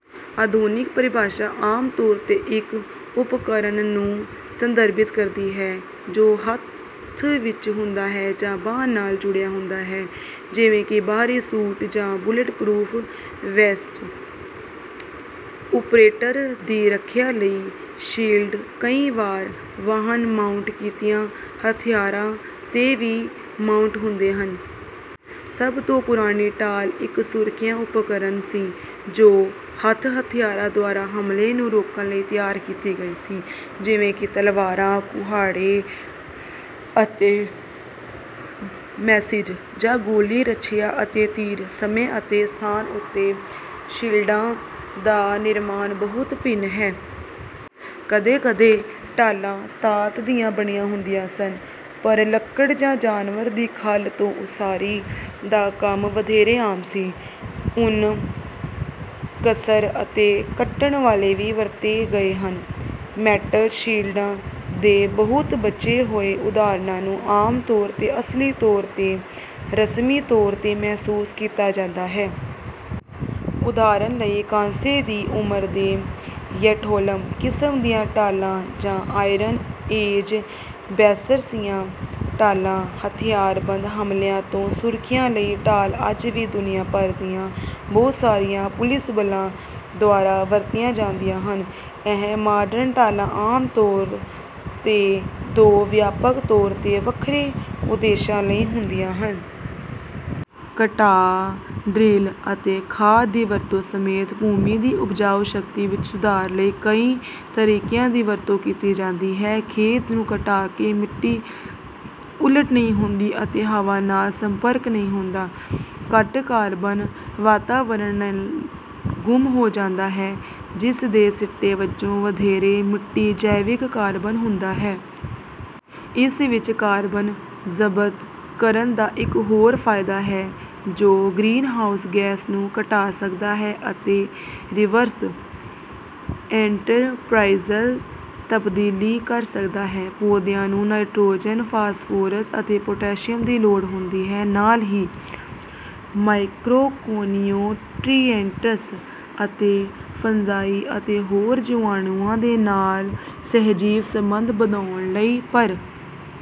ਆਧੁਨਿਕ ਪਰਿਭਾਸ਼ਾ ਆਮ ਤੌਰ 'ਤੇ ਇੱਕ ਉਪਕਰਣ ਨੂੰ ਸੰਦਰਭਿਤ ਕਰਦੀ ਹੈ, ਜੋ ਹੱਥ ਵਿਚ ਹੁੰਦਾ ਹੈ ਜਾਂ ਬਾਂਹ ਨਾਲ ਜੁੜਿਆ ਹੁੰਦਾ ਹੈ, ਜਿਵੇਂ ਕਿ ਬਾਹਰੀ ਸੂਟ ਜਾਂ ਬੁਲੇਟ-ਪਰੂਫ ਵੈਸਟ। ਓਪਰੇਟਰ ਦੀ ਰੱਖਿਆ ਲਈ ਸ਼ੀਲਡ ਕਈ ਵਾਰ ਵਾਹਨ-ਮਾਊਂਟ ਕੀਤੀਆਂ ਹਥਿਆਰਾਂ 'ਤੇ ਵੀ ਮਾਊਂਟ ਹੁੰਦੇ ਹਨ। ਸਭ ਤੋਂ ਪੁਰਾਣੀ ਢਾਲ ਇੱਕ ਸੁਰੱਖਿਆ ਉਪਕਰਣ ਸੀ, ਜੋ ਹੱਥ-ਹਥਿਆਰਾਂ ਦੁਆਰਾ ਹਮਲੇ ਨੂੰ ਰੋਕਣ ਲਈ ਤਿਆਰ ਕੀਤੀ ਗਈ ਸੀ, ਜਿਵੇਂ ਕਿ ਤਲਵਾਰਾਂ, ਕੁਹਾੜੇ ਅਤੇ ਮੈਸਿਜ, ਜਾਂ ਗੋਲੀ-ਰੱਛਿਆ ਅਤੇ ਤੀਰ। ਸਮੇਂ ਅਤੇ ਸਥਾਨ ਉੱਤੇ ਸ਼ੀਲਡਾਂ ਦਾ ਨਿਰਮਾਣ ਬਹੁਤ ਭਿੰਨ ਹੈ। ਕਦੇ-ਕਦੇ ਢਾਲਾਂ ਧਾਤ ਦੀਆਂ ਬਣੀਆਂ ਹੁੰਦੀਆਂ ਸਨ, ਪਰ ਲੱਕੜ ਜਾਂ ਜਾਨਵਰ ਦੀ ਖੱਲ ਤੋਂ ਉਸਾਰੀ ਦਾ ਕੰਮ ਵਧੇਰੇ ਆਮ ਸੀ। ਉੱਨ, ਕਸਰ ਅਤੇ ਕੱਟਣ ਵਾਲੇ ਵੀ ਵਰਤੇ ਗਏ ਹਨ। ਮੈਟਲ ਸ਼ੀਲਡਾਂ ਦੇ ਬਹੁਤ ਬਚੇ ਹੋਏ ਉਦਾਹਰਣਾਂ ਨੂੰ ਆਮ ਤੌਰ 'ਤੇ ਅਮਲੀ ਤੌਰ 'ਤੇ ਰਸਮੀ ਤੌਰ 'ਤੇ ਮਹਿਸੂਸ ਕੀਤਾ ਜਾਂਦਾ ਹੈ। ਉਦਾਹਰਨ ਲਈ, ਕਾਂਸੇ ਦੀ ਉਮਰ ਦੇ ਯੈਠੋਲਮ-ਕਿਸਮ ਦੀਆਂ ਢਾਲਾਂ ਜਾਂ ਆਇਰਨ ਏਜ ਬੈਟਰਸੀਆ ਢਾਲ। ਹਥਿਆਰਬੰਦ ਹਮਲਿਆਂ ਤੋਂ ਸੁਰੱਖਿਆ ਲਈ ਢਾਲ ਅੱਜ ਵੀ ਦੁਨੀਆਂ ਭਰ ਦੀਆਂ ਬਹੁਤ ਸਾਰੀਆਂ ਪੁਲਿਸ ਬਲਾਂ ਦੁਆਰਾ ਵਰਤੀਆਂ ਜਾਂਦੀਆਂ ਹਨ। ਇਹ ਮਾਡਰਨ ਢਾਲਾਂ ਆਮ ਤੌਰ 'ਤੇ ਦੋ ਵਿਆਪਕ ਤੌਰ 'ਤੇ ਵੱਖਰੇ ਉਦੇਸ਼ਾਂ ਲਈ ਹੁੰਦੀਆਂ ਹਨ। ਘਟਾਅ, ਡਰਿਲ ਅਤੇ ਖਾਦ ਦੀ ਵਰਤੋਂ ਸਮੇਤ ਭੂਮੀ ਦੀ ਉਪਜਾਊ ਸ਼ਕਤੀ ਵਿੱਚ ਸੁਧਾਰ ਲਈ ਕਈ ਤਰੀਕਿਆਂ ਦੀ ਵਰਤੋਂ ਕੀਤੀ ਜਾਂਦੀ ਹੈ। ਖੇਤ ਨੂੰ ਘਟਾ ਕੇ, ਮਿੱਟੀ ਉਲਟ ਨਹੀਂ ਹੁੰਦੀ ਅਤੇ ਹਵਾ ਨਾਲ ਸੰਪਰਕ ਨਹੀਂ ਹੁੰਦਾ; ਘੱਟ ਕਾਰਬਨ ਵਾਤਾਵਰਣ ਨਾਲ ਗੁੰਮ ਹੋ ਜਾਂਦਾ ਹੈ, ਜਿਸ ਦੇ ਸਿੱਟੇ ਵਜੋਂ ਵਧੇਰੇ ਮਿੱਟੀ ਜੈਵਿਕ ਕਾਰਬਨ ਹੁੰਦਾ ਹੈ। ਇਸ ਵਿੱਚ ਕਾਰਬਨ ਜ਼ਬਤ ਕਰਨ ਦਾ ਇੱਕ ਹੋਰ ਫਾਇਦਾ ਹੈ, ਜੋ ਗ੍ਰੀਨਹਾਊਸ ਗੈਸ ਨੂੰ ਘਟਾ ਸਕਦਾ ਹੈ ਅਤੇ ਰਿਵਰਸ ਐਂਟਰਪ੍ਰਾਈਜ਼ਲ ਤਬਦੀਲੀ ਕਰ ਸਕਦਾ ਹੈ। ਪੌਦਿਆਂ ਨੂੰ ਨਾਈਟ੍ਰੋਜਨ, ਫਾਸਫੋਰਸ ਅਤੇ ਪੋਟਾਸ਼ੀਅਮ ਦੀ ਲੋੜ ਹੁੰਦੀ ਹੈ, ਨਾਲ ਹੀ ਮਾਇਕ੍ਰੋਨਿਊਟ੍ਰੀਐਂਟਸ ਅਤੇ ਫੰਜਾਈ ਅਤੇ ਹੋਰ ਜੀਵਾਣੂਆਂ ਦੇ ਨਾਲ ਸਹਿਜੀਵ ਸੰਬੰਧ ਵਧਾਉਣ ਲਈ, ਪਰ...